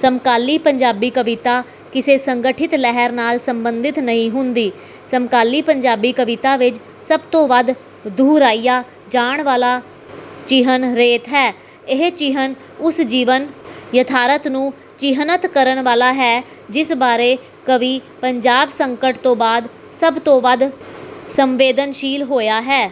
ਸਮਕਾਲੀ ਪੰਜਾਬੀ ਕਵਿਤਾ ਕਿਸੇ ਸੰਗਠਿਤ ਲਹਿਰ ਨਾਲ ਸੰਬੰਧਿਤ ਨਹੀਂ ਹੁੰਦੀ। ਸਮਕਾਲੀ ਪੰਜਾਬੀ ਕਵਿਤਾ ਵਿੱਚ ਸਭ ਤੋਂ ਵੱਧ ਦੁਹਰਾਇਆ ਜਾਣ ਵਾਲਾ ਚਿਹਨ 'ਰੇਤ' ਹੈ। ਇਹ ਚਿਹਨ ਉਸ ਜੀਵਨ- ਯਥਾਰਥ ਨੂੰ ਚਿਹਨਤ ਕਰਨ ਵਾਲਾ ਹੈ ਜਿਸ ਬਾਰੇ ਕਵੀ ਪੰਜਾਬ ਸੰਕਟ ਤੋਂ ਬਾਅਦ ਸਭ ਤੋਂ ਵੱਧ ਸੰਵੇਦਨਸ਼ੀਲ ਹੋਇਆ ਹੈ।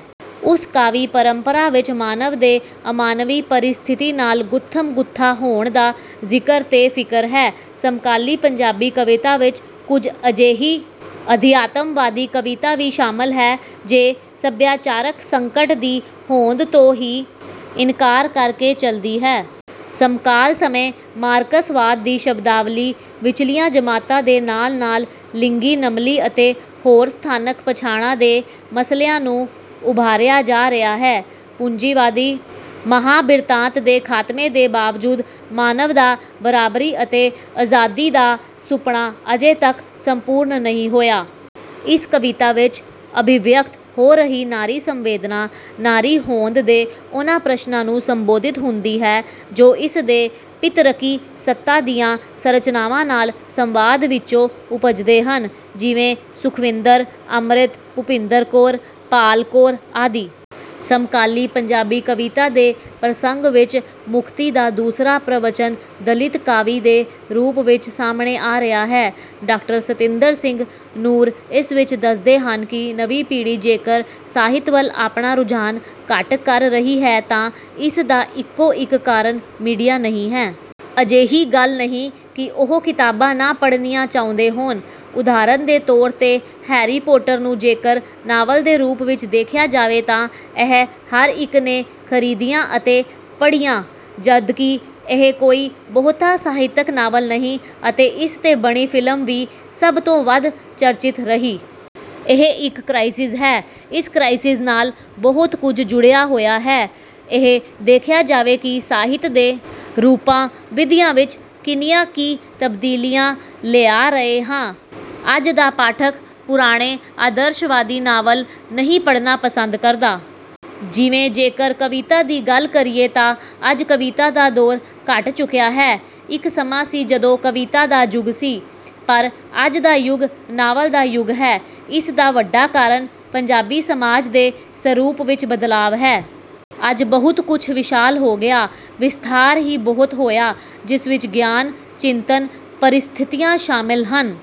ਉਸ ਕਾਵਿ ਪਰੰਪਰਾ ਵਿੱਚ ਮਾਨਵ ਦੇ ਅਮਾਨਵੀ ਪਰਿਸਥਿਤੀ ਨਾਲ ਗੁੱਥਮ-ਗੁੱਥਾ ਹੋਣ ਦਾ ਜ਼ਿਕਰ ਤੇ ਫਿਕਰ ਹੈ। ਸਮਕਾਲੀ ਪੰਜਾਬੀ ਕਵਿਤਾ ਵਿੱਚ ਕੁਝ ਅਜਿਹੀ ਅਧਿਆਤਮਵਾਦੀ ਕਵਿਤਾ ਵੀ ਸ਼ਾਮਲ ਹੈ ਜੋ ਸਭਿਆਚਾਰਕ ਸੰਕਟ ਦੀ ਹੋਂਦ ਤੋਂ ਹੀ ਇਨਕਾਰ ਕਰਕੇ ਚਲਦੀ ਹੈ। ਸਮਕਾਲ ਸਮੇਂ ਮਾਰਕਸਵਾਦ ਦੀ ਸ਼ਬਦਾਵਲੀ ਵਿਚਲੀਆਂ ਜਮਾਤਾਂ ਦੇ ਨਾਲ ਨਾਲ ਲਿੰਗੀ, ਨਸਲੀ ਅਤੇ ਹੋਰ ਸਥਾਨਕ ਪਛਾਣਾਂ ਦੇ ਮਸਲਿਆਂ ਨੂੰ ਉਭਾਰਿਆ ਜਾ ਰਿਹਾ ਹੈ। ਪੂੰਜੀਵਾਦੀ ਮਹਾਂਬਿਰਤਾਂਤ ਦੇ ਖ਼ਾਤਮੇ ਦੇ ਬਾਵਜੂਦ ਮਾਨਵ ਦਾ ਬਰਾਬਰੀ ਅਤੇ ਅਜ਼ਾਦੀ ਦਾ ਸੁਪਨਾ ਅਜੇ ਤੱਕ ਸੰਪੂਰਨ ਨਹੀਂ ਹੋਇਆ। ਇਸ ਕਵਿਤਾ ਵਿੱਚ ਅਭਿਵਿਅਕਤ ਹੋ ਰਹੀ ਨਾਰੀ ਸੰਵੇਦਨਾ, ਨਾਰੀ ਹੋਂਦ ਦੇ ਉਹਨਾਂ ਪ੍ਰਸ਼ਨਾਂ ਨੂੰ ਸੰਬੋਧਿਤ ਹੁੰਦੀ ਹੈ ਜੋ ਇਸਦੇ ਪਿਤਰਕੀ ਸੱਤਾ ਦੀਆਂ ਸੰਰਚਨਾਵਾਂ ਨਾਲ ਸੰਵਾਦ ਵਿਚੋਂ ਉਪਜਦੇ ਹਨ। ਜਿਵੇਂ ਸੁਖਵਿੰਦਰ ਅੰਮਿ੍ਤ, ਭੁਪਿੰਦਰ ਕੌਰ, ਪਾਲ ਕੌਰ ਆਦਿ। ਸਮਕਾਲੀ ਪੰਜਾਬੀ ਕਵਿਤਾ ਦੇ ਪ੍ਰਸੰਗ ਵਿੱਚ ਮੁਕਤੀ ਦਾ ਦੂਸਰਾ ਪ੍ਰਵਚਨ ਦਲਿਤ-ਕਾਵਿ ਦੇ ਰੂਪ ਵਿੱਚ ਸਾਹਮਣੇ ਆ ਰਿਹਾ ਹੈ। ਡਾ. ਸਤਿੰਦਰ ਸਿੰਘ ਨੂਰ ਇਸ ਵਿੱਚ ਦੱਸਦੇ ਹਨ ਕਿ ਨਵੀਂ ਪੀੜ੍ਹੀ ਜੇਕਰ ਸਾਹਿਤ ਵੱਲ ਆਪਣਾ ਰੁਝਾਨ ਘੱਟ ਕਰ ਰਹੀ ਹੈ ਤਾਂ ਇਸਦਾ ਇੱਕੋ ਇਕ ਕਾਰਨ ਮੀਡੀਆ ਨਹੀਂ ਹੈ। ਅਜਿਹੀ ਗੱਲ ਨਹੀਂ ਕਿ ਉਹ ਕਿਤਾਬਾਂ ਨਾ ਪੜ੍ਹਨੀਆਂ ਚਾਹੁੰਦੇ ਹੋਣ। ਉਦਾਹਰਣ ਦੇ ਤੌਰ ਤੇ 'ਹੈਰੀ ਪੋਟਰ' ਨੂੰ ਜੇਕਰ ਨਾਵਲ ਦੇ ਰੂਪ ਵਿੱਚ ਦੇਖਿਆ ਜਾਵੇ ਤਾਂ ਇਹ ਹਰ ਇਕ ਨੇ ਖ਼ਰੀਦਿਆ ਅਤੇ ਪੜ੍ਹਿਆ ਜਦਕਿ ਇਹ ਕੋਈ ਬਹੁਤਾ ਸਾਹਿਤਕ ਨਾਵਲ ਨਹੀਂ ਅਤੇ ਇਸਤੇ ਬਣੀ ਫ਼ਿਲਮ ਵੀ ਸਭ ਤੋਂ ਵੱਧ ਚਰਚਿਤ ਰਹੀ। ਇਹ ਇਕ ਕ੍ਰਾਈਸਿਜ਼ ਹੈ। ਇਸ ਕ੍ਰਾਈਸਿਜ਼ ਨਾਲ ਬਹੁਤ ਕੁਝ ਜੁੜਿਆ ਹੋਇਆ ਹੈ। ਇਹ ਦੇਖਿਆ ਜਾਵੇ ਕਿ ਸਾਹਿਤ ਦੇ ਰੂਪਾਂ/ ਵਿਧੀਆਂ ਵਿੱਚ ਕਿੰਨੀਆਂ ਕਿ ਤਬਦੀਲੀਆਂ ਲਿਆ ਰਹੇ ਹਾਂ। ਅੱਜ ਦਾ ਪਾਠਕ ਪੁਰਾਣੇ ਆਦਰਸ਼ਵਾਦੀ ਨਾਵਲ ਨਹੀਂ ਪੜ੍ਹਨਾ ਪਸੰਦ ਕਰਦਾ। ਜਿਵੇਂ ਜੇਕਰ ਕਵਿਤਾ ਦੀ ਗੱਲ ਕਰੀਏ ਤਾਂ ਅੱਜ ਕਵਿਤਾ ਦਾ ਦੌਰ ਘਟ ਚੁੱਕਿਆ ਹੈ। ਇਕ ਸਮਾਂ ਸੀ ਜਦੋਂ ਕਵਿਤਾ ਦਾ ਯੁਗ ਸੀ। ਪਰ ਅੱਜ ਦਾ ਯੁਗ ਨਾਵਲ ਦਾ ਯੁਗ ਹੈ। ਇਸਦਾ ਵੱਡਾ ਕਾਰਨ ਪੰਜਾਬੀ ਸਮਾਜ ਦੇ ਸਰੂਪ ਵਿੱਚ ਬਦਲਾਅ ਹੈ। ਅੱਜ ਬਹੁਤ ਕੁਝ ਵਿਸ਼ਾਲ ਹੋ ਗਿਆ। ਵਿਸਥਾਰ ਵੀ ਬਹੁਤ ਹੋਇਆ ਜਿਸ ਵਿੱਚ ਗਿਆਨ, ਚਿੰਤਨ, ਪਰਿਸਥਿਤੀਆਂ ਸ਼ਾਮਿਲ ਹਨ।